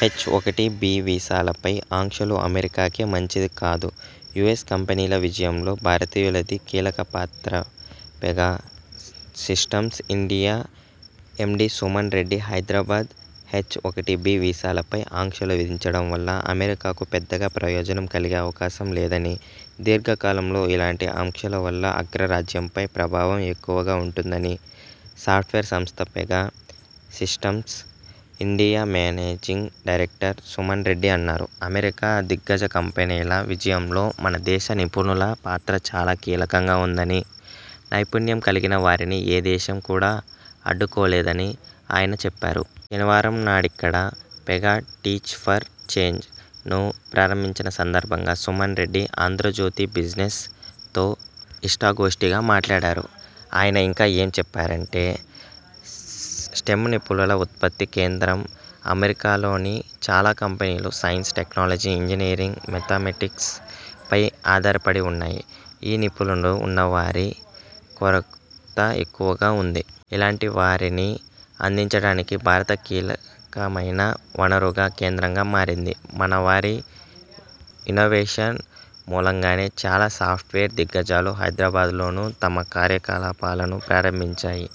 హెచ్ఒకటిబి వీసాలపై ఆంక్షలు అమెరికాకే మంచిది కాదుయుఎస్ కంపెనీల విజయంలో భారతీయులది కీలక పాత్రపెగా systems India MD Suman Reddy Hyderabad హెచ్ఒకటిబి వీసాలపై ఆంక్షలు విధించడం వల్ల అమెరికాకు పెద్దగా ప్రయోజనం కలిగే అవకాశం లేదని, దీర్ఘకాలంలో ఇలాంటి ఆంక్షల వల్ల అగ్రరాజ్యంపై ప్రభావం ఎక్కువగా ఉంటుందని సాఫ్ట్వేర్ సంస్థ Pega systems India managing director Suman Reddy అన్నారు అమెరికా దిగ్గజ కంపెనీల విజయంలో మన దేశ నిపుణుల పాత్ర చాలా కీలకంగా ఉందని, నైపుణ్యం కలిగిన వారిని ఏ దేశం కూడా అడ్డుకోలేదని ఆయన చెప్పారు. శనివారంనాడిక్కడ 'పెగా టీచ్ ఫర్ చేంజ్'ను ప్రారంభించిన సందర్భంగా సుమన్ రెడ్డి 'ఆంధ్రజ్యోతి బిజినె్స'తో ఇష్టాగోష్ఠిగా మాట్లాడారు. ఆయన ఇంకా ఏం చెప్పారంటే.. స్టెమ్ నిపుణుల ఉత్పత్తి కేంద్రంఅమెరికాలోని చాలా కంపెనీలు సైన్స్, టెక్నాలజీ, ఇంజనీరింగ్, మేథమెటిక్స్ పై ఆధారపడి ఉన్నాయి. ఈ నైపుణ్యాలు ఉన్న వారి కొరత ఎక్కువగా ఉంది. ఇలాంటి వారిని అందించడానికి భారత కీలకమైన వనరుగా, కేంద్రంగా మారింది. మన వారి ఇన్నోవేషన్ మూలంగానే చాలా సాఫ్ట్వేర్ దిగ్గజాలు హైదరాబాద్లోనూ తమ కార్యకలాపాలను ప్రారంభించాయి.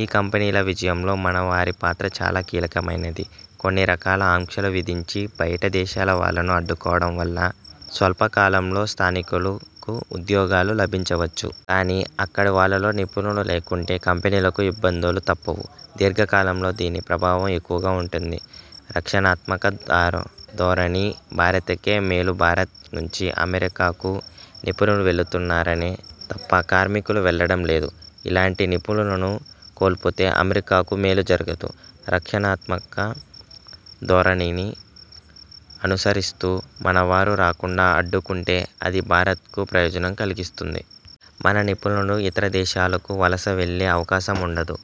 ఈ కంపెనీల విజయంలో మన వారి పాత్ర చాలా కీలకమైనది. కొన్ని రకాల ఆంక్షలు విధించి బయటి దేశాల వాళ్లను అడ్డుకోవడం వల్ల స్వల్పకాలంలో స్థానికులకు ఉద్యోగాలు లభించవచ్చు. కానీ అక్కడి వాళ్లలో నిపుణులు లేకుంటే కంపెనీలకు ఇబ్బందులు తప్పవు. దీర్ఘకాలంలో దీని ప్రభావం ఎక్కువగా ఉంటుంది. రక్షణాత్మక ధోరణి భారతకే మేలుభారత్ నుంచి అమెరికాకు నిపుణులు వెళుతున్నారే తప్ప కార్మికులు వెల్లడం లేదు. ఇలాంటి నిపుణులను కోల్పోతే అమెరికాకు మేలు జరగదు. రక్షణాత్మక ధోరణిని అనుసరిస్తూ మన వారు రాకుండా అడ్డుకుంటే అది భారతకు ప్రయోజనం కలిగిస్తుంది. మన నిపుణులు ఇతర దేశాలకు వలస వెళ్లే అవకాశం ఉండదు.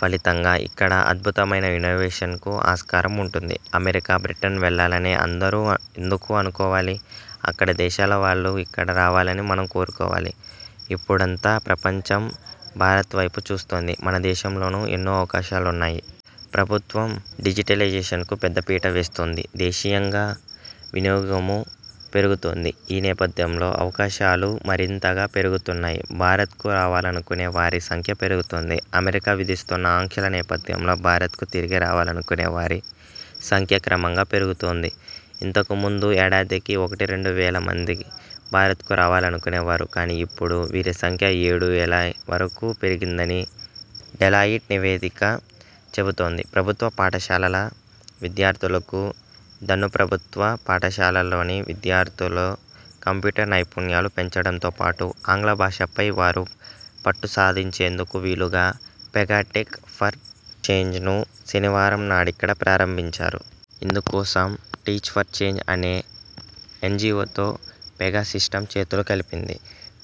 ఫలితంగా ఇక్కడే అద్భుతమైన ఇన్నోవేషన్లకు ఆస్కారం ఉంటుంది. అమెరికా, బ్రిటన్ వెళ్లాలనే అందరూ ఎందుకు అనుకోవాలి. అక్కడి దేశాల వాళ్లు ఇక్కడి రావాలని మనం కోరుకోవాలి. ఇప్పుడంతా ప్రపంచం భారత వైపు చూస్తోంది. మన దేశంలోనే ఎన్నో అవకాశాలున్నాయి. ప్రభుత్వం డిజిటలైజేషన్కు పెద్దపీట వేస్తోంది. దేశీయంగా వినియోగమూ పెరుగుతోంది. ఈ నేపథ్యంలో అవకాశాలు మరింతగా పెరుగుతున్నాయి. భారతకు రావాలనుకునే వారి సంఖ్య పెరుగుతోంది. అమెరికా విధిస్తున్న ఆంక్షల నేపథ్యంలో భారతకు తిరిగి రావాలనుకునే వారి సంఖ్య క్రమంగా పెరుగుతోంది. ఇంతకు ముందు ఏడాదికి ఒకటి-రెండు వేల మంది భారతకు రావాలనుకునే వారు కానీ ఇప్పుడు వీరి సంఖ్య ఏడు వేల వరకు పెరిగిందని డెలాయిట్ నివేదిక చెబుతోంది ప్రభుత్వ పాఠశాలల విద్యార్థులకు దన్నుప్రభుత్వ పాఠశాలల్లోని విద్యార్థుల్లో కంప్యూటర్ నైపుణ్యాలను పెంచడంతోపాటు ఆంగ్ల భాషపై వారు పట్టుసాధించేందుకు వీలుగా పెగా టెక్ ఫర్ చేంజ్ను శనివారంనాడిక్కడ ప్రారంభించారు. ఇందుకోసం టీచ్ ఫర్ చేంజ్ అనే ఎన్జిఒతో పెగా సిస్టమ్స్ చేతులు కలిపింది.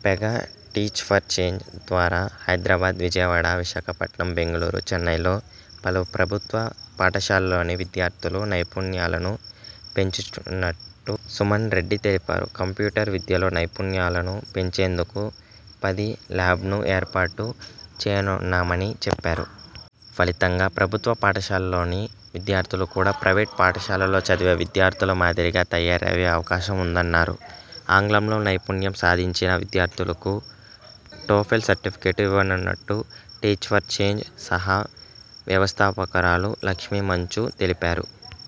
పెగా టీచ్ ఫర్ చేంజ్ ద్వారా హైదరాబాద్, విజయవాడ, విశాఖపట్నం, బెంగళూరు, చెన్నైలోని పలు ప్రభుత్వ పాఠశాలల్లోని విద్యార్థుల నైపుణ్యాలను పెంచనున్నట్టు సుమన్ రెడ్డి తెలిపారు. కంప్యూటర్ విద్యలో నైపుణ్యాలను పెంచేందుకు పది లాబ్లను ఏర్పాటు చేయనున్నామని చెప్పా రు. ఫలితంగా ప్రభుత్వ పాఠశాలల్లోని విద్యార్థులు కూడా ప్రైవేటు పాఠశాలల్లో చదివే విద్యార్థుల మాదిరిగా తయారయ్యే అవకాశం ఉందన్నారు. ఆంగ్లంలో నైపుణ్యం సాధించిన విద్యార్థులకు టోఫెల్ సర్టిఫికెట్ను ఇవ్వనున్నట్టు టీచ్ ఫర్ చేంజ్ సహ వ్యవస్థాపకురాలు లక్ష్మీ మంచు తెలిపారు.